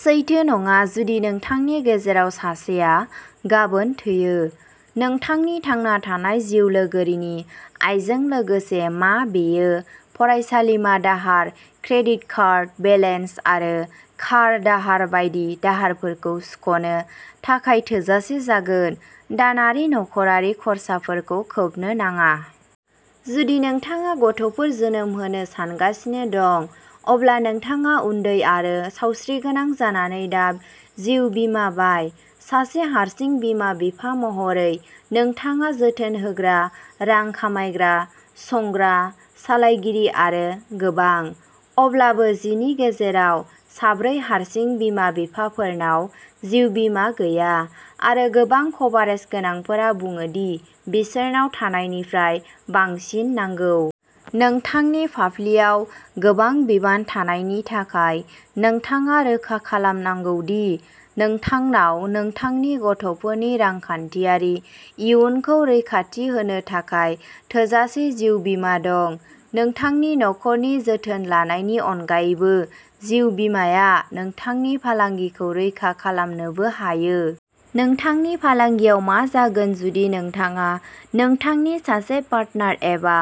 सैथो नङा। जुदि नोंथांनि गेजेराव सासेआ गाबोन थैयो? नोंथांनि थांना थानाय जिउ लोगोरिनि आयजों लोगोसे, मा बेयो फरायसालिमा दाहार, क्रेडिट कार्ड बेलेन्स आरो कार दाहार बायदि दाहारफोरखौ सुख'नो थाखाय थोजासे जागोन, दानारि नख'रारि खर्साफोरखौ खोबनो नाङा। जुदि नोंथाङा गथ'फोर जोनोम होनो सानगासिनो दं, अब्ला नोंथाङा उन्दै आरो सावस्रिगोनां जानानै दा जिउ बीमा बाय। सासे हारसिं बिमा-बिफा महरै, नोंथाङा जोथोन होग्रा, रां खामायग्रा, संग्रा, सालायगिरि आरो गोबां। अब्लाबो जिनि गेजेराव साब्रै हारसिं बिमा-बिफाफोरनाव जिउ बीमा गैया आरो गोबां कभारेज गोनांफोरा बुङो दि बिसोरनाव थानायनिफ्राय बांसिन नांगौ। नोंथांनि फाफ्लियाव गोबां बिबान थानायनि थाखाय, नोंथाङा रोखा खालामनांगौ दि नोंथांनाव नोंथांनि गथ'फोरनि रांखान्थियारि इयुनखौ रैखाथि होनो थाखाय थोजासे जिउ बीमा दं। नोंथांनि नखरनि जोथोन लानायनि अनगायैबो, जिउ बीमाया नोंथांनि फालांगिखौ रैखा खालामनोबो हायो। नोंथांनि फालांगियाव मा जागोन जुदि नोंथाङा, नोंथांनि सासे पार्टनार एबा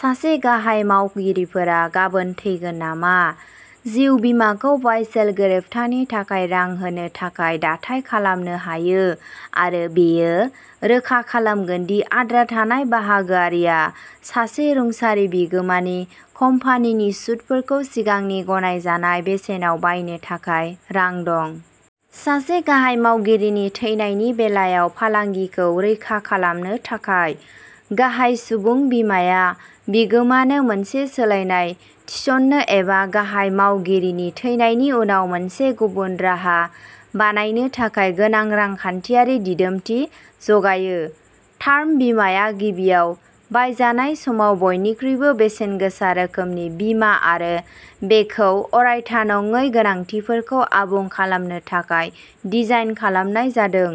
सासे गाहाय मावगिरिफोरा गाबोन थैगोन नामा? जिउ बीमाखौ बाय-सेल गोरोबथानि थाखाय रां होनो थाखाय दाथाइ खालामनो हायो आरो बेयो रोखा खालामगोन दि आद्रा थानाय बाहागोआरि आ सासे रुंसारि बिगोमानि कम्पानिनि सुदफोरखौ सिगांनि गनायजानाय बेसेनाव बायनो थाखाय रां दं। सासे गाहाय मावगिरिनि थैनायनि बेलायाव फालांगिखौ रैखा खालामनो थाखाय, गाहाय सुबुं बीमाया बिगोमा नो मोनसे सोलायनाय थिसननो एबा गाहाय मावगिरिनि थैनायनि उनाव मोनसे गुबुन राहा बानायनो थाखाय गोनां रांखान्थियारि दिदोमथि जगायो। टार्म बीमाया गिबियाव बायजानाय समाव बयनिख्रुइबो बेसेनगोसा रोखोमनि बीमा आरो बेखौ अरायथा नङै गोनांथिफोरखौ आबुं खालामनो थाखाय डिजाइन खालामनाय जादों।